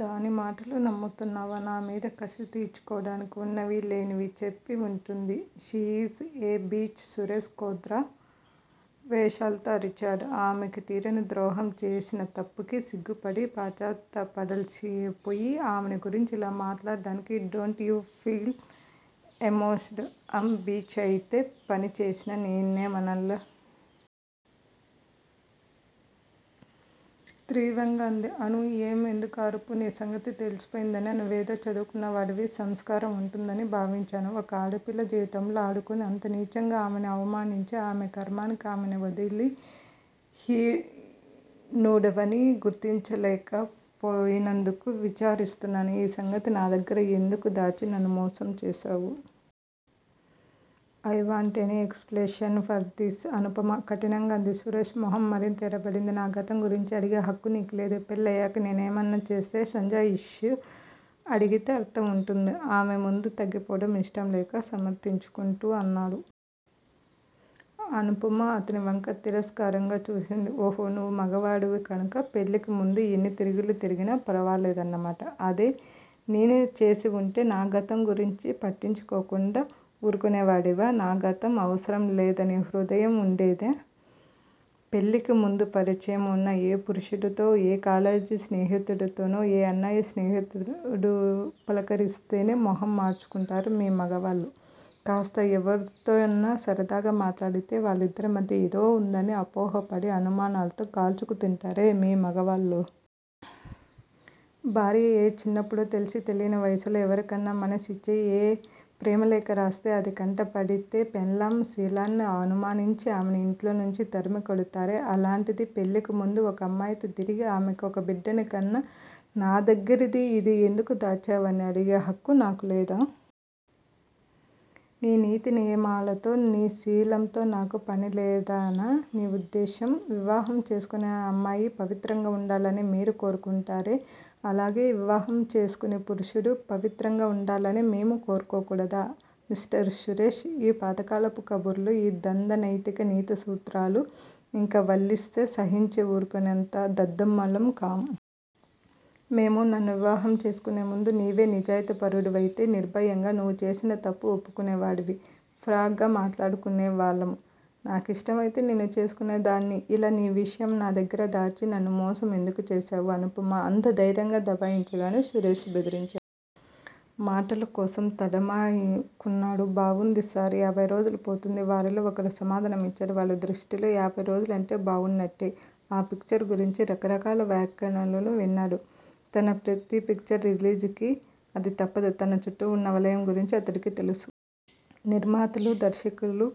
దాని మాటలు నమ్ముతున్నావా? నా మీద కసి తీర్చుకోడానికి వున్నవి లేనివి చెప్పి వుంటుంది. She is a bitch ' Suresh క్రోదా వేశాల్తో అరిచాడు. ఆమెకి తీరని ద్రోహం చేసి, చేసిన తప్పుకి సిగ్గుపడి పశ్చాత్తాపపడాల్సి పోయి ఆమెను గురించి ఇలా మాట్లాడడానికి డోంట్ యూ ఫీల్ ఏమొష్డ్, ఆమె 'బిచ్' అయితే అదే పని చేసిన నిన్నేమనాలి? తీవ్రంగా అంది. అనూ ఏం ఎందుకా అరుపు? నీ సంగతి తెల్సిపోయిందనా! నీవేదో చదువుకున్నవాడివి సంస్కారం వుంటుందని భావించాను. ఒక ఆడపిల్ల జీవితంతో ఆడుకుని, అంత నీచంగా ఆమెను అవమానించి ఆమె ఖర్మానికి ఆమెని వదిలి హినుడవని గుర్తించలేకపోయినందుకు విచారిస్తున్నాను. ఈ సంగతి నా దగ్గర ఎందుకు దాచి నన్ను మోసం చేశావు. I want any explanation for this Anupama కఠినంగా అంది. సురేష్ మొహం మరింత ఎర్రబడింది. నా గతం గురించి అడిగే హక్కు నీకు లేదు, పెళ్ళయ్యాక నేనేమన్నా చేస్తే సంజాయిష్ అడిగితే అర్ధం వుంటుంది ఆమె ముందు తగ్గిపోవటం యిష్టంలేక సమర్ధించుకుంటు అన్నాడు. అనుపమ అతనివంక తిరస్కారంగా చూసింది. ఓహో నీవు మగాడివి కనక పెళ్ళికి ముందు ఎన్ని తిరుగుళ్ళు తిరిగినా ఫరవాలేదన్నమాట. అదే నేనె చేసివుంటే, నా గతం గురించి పట్టించుకోకుండా వూరుకునేవాడివా? నా గతం అవసరం లేదనే హృదయం వుండేదా? పెళ్ళికి ముందు పరిచయమున్న ఏ పురుషుడితో, ఏ కాలేజి స్నేహితుడితోనో, ఏ అన్నయ్య స్నేహితుడో పలకరిస్తేనే మొహం మాడ్చుకుంటారే మీ మగవాళ్ళు, కాస్త ఎవరితోనోన్న సరదాగా మాట్లాడితేనే వాళ్ళిద్దరిమధ్య ఏదో వుందని అపోహపడి అనుమానాలతో కాల్చుకుతింటారే మీ మగవాళ్ళు. భార్య ఏ చిన్నప్పుడో తెలిసి తెలియని వయసులో ఎవరికన్నా మనసిచ్చి, ఏ ప్రేమలేఖో రాస్తే, అది కంటపడితే పెళ్ళాం శీలాన్ని అనుమానించి, ఆమెని ఇంట్లోంచి తరిమికొడతారే అలాంటిది పెళ్ళికిముందు ఒక అమ్మాయితో తిరిగి ఆమెకి ఒక బిడ్డని కన్నా నా దగ్గరి ఇది ఎందుకు దాచావు అని అడిగే హక్కు నాకు లేదా? నీ నీతి నియమాలతో, నీ శీలంతో నాకు పనిలేదనా నీ ఉద్దేశం. వివాహం చేసుకునే అమ్మాయి పవిత్రంగా వుండాలని మీరు కోరుకుంటారే, అలాగే వివాహం చేసుకునే పురుషుడు పవిత్రంగా వుండాలని మేము కోరుకోకుడదా? మిస్టర్ సురేష్! ఈ పాతకాలపు కబుర్లు, ఈ దంద నైతిక నీతి సూత్రాలు ఇంకా వల్లిస్తే సహించి వూరుకునేంత దద్దమ్మలం కాం. మేము. నన్ను వివాహం చేసుకునే ముందు, నీవే నిజాయితీ పరుడివయితే నిర్భయంగా నువు చేసిన తప్పు ఒప్పుకునేవాడివి. ఫ్రాంక్ గా మాట్లాడుకునేవాళ్ళం. నా కిష్టమైతే నిన్ను చేసుకునే దానిని ఇలా నీ విషయం నా దగ్గర దాచి నన్ను మోసం ఎందుకు చేశావు. అనుపమ అంత ధైర్యంగా దబాయించగానే సురేష్ బెదిరాడు. మాటలకోసం తడుముకున్నాడు. బావుంది సార్. యాభైరోజులు పోతుంది వారిలో ఒకరు సమాధానం ఇచ్చాడు. వాళ్ల దృష్టిలో యాభైరోజులంటే బావున్నట్టే. ఆ పిక్చర్ గురించి రకరకాల వ్యాఖ్యానాలు విన్నాడు. తన ప్రతి పిక్చర్ రిలీజ్ కి అది తప్పదు. తన చుట్టూ వున్న వలయం గురించి అతడికి తెలుసు. నిర్మాతలు, దర్శకులు,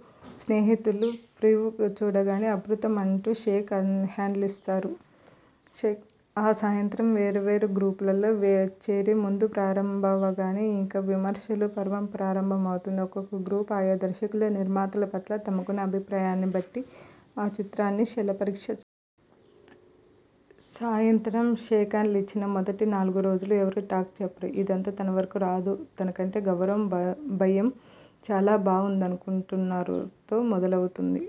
స్నేహితులు ప్రివ్యూ చూడగానే అద్భుతం అంటారు. షేక్ హాండ్లిస్తారు. ఆ సాయంత్రం వేర్వేరు గ్రూపులలో చేరి మందు ప్రారంభవగానే ఇక విమర్శల పర్వం ప్రారంభమవుతుంది. ఒక్కొక్క గ్రూపు- ఆయా దర్శకుల, నిర్మాతలు పట్ల తమకున్న అభిప్రాయాన్ని బట్టి ఆ చిత్రాన్ని శల పరీక్ష చేస్తారు. సాయంత్రం షేక్ హాండ్లిచ్చిన మొదటి నాలుగు రోజులూ ఎవరూ టాక్ చెప్పరు. ఇదంతా తనవరకూ రాదు. తనంటే గౌరవం, భయం. చాలా బావుందనుకుంటున్నారు తో మొదలవుతుంది.